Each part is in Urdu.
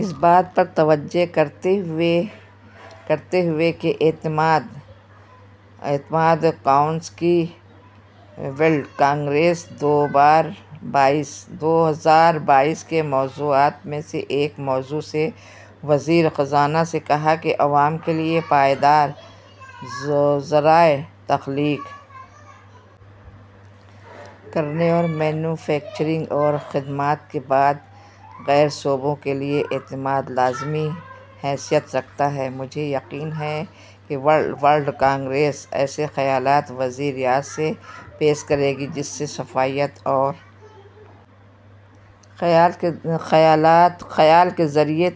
اس بات پر توجہ کرتے ہوئے کہ اعتماد اکاؤنٹس کی ورلڈ کانگریس دو ہزار بائیس کے موضوعات میں سے ایک موضوع ہے وزیر خزانہ نے کہا کہ عوام کے لیے پائیدار ذرائع تخلیق کرنے اور مینوفیکچرنگ اور خدمات کے ہمہ گیر شعبوں کے لیے اعتماد لازمی حیثیت رکھتا ہے مجھے یقین ہے کہ ورلڈ کانگریس ایسے خیالات و نظریات پیش کرے گی جس سے شفافیت اور خیال کے ذریعہ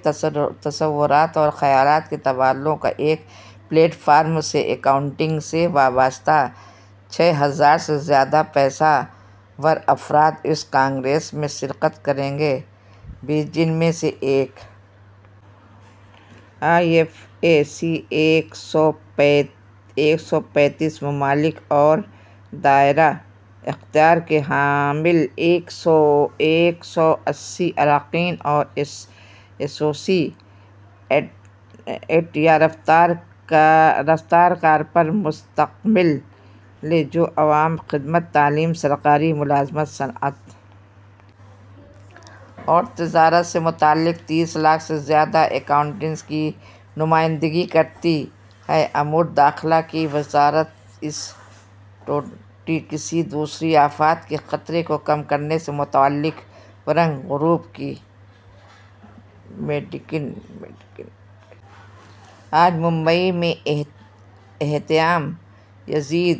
تصورات اور خیالات کے تبادلوں کا ایک پلیٹ فارم ہے اکاؤنٹنگ سے وابستہ چھ ہزار سے زیادہ پیشہ ور افراد اس کانگریس میں شرکت کر رہے ہیں جن میں ایک آئی ایف اے سی ایک سو پینتیس ممالک اور دائرہ اختیار کے حامل ایک سو اسی اراکین اور ایسوسی ایٹس یا رفقائے کار پر مشتمل ہے جو عوامی خدمت تعلیم سرکاری ملازمت صنعت اور تجارت سے متعلق تیس لاکھ سے زیادہ اکاؤنٹنٹس کی نمائندگی کرتی ہے امور داخلہ کی وزارت جی ٹوئنٹی کی دوسری آفات کے خطرے کو کم کرنے سے متعلق ورکنگ گروپ کی میٹنگ آج ممبئی میں اختتام پذیر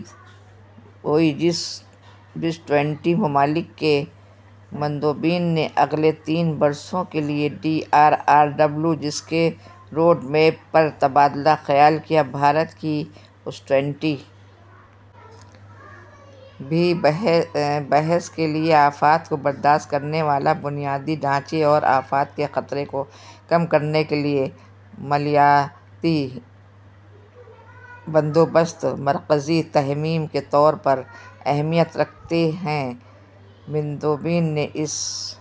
ہوئی جی ٹوئنٹی ممالک کے مندوبین نے اگلے تین برسوں کے لیے D R R W G کے روڈ میپ پر تبادلہ خیال کیا بھارت کی جی ٹوئنٹی بھی بحث کے لیے آفات کو برداشت کرنے والا بنیادی ڈھانچے اور آفات کے خطرے کو کم کرنے کے لیے مالیاتی بندوبست مرکزی تھیم کے طور پر اہمیت رکھتے ہیں مندوبین نے اس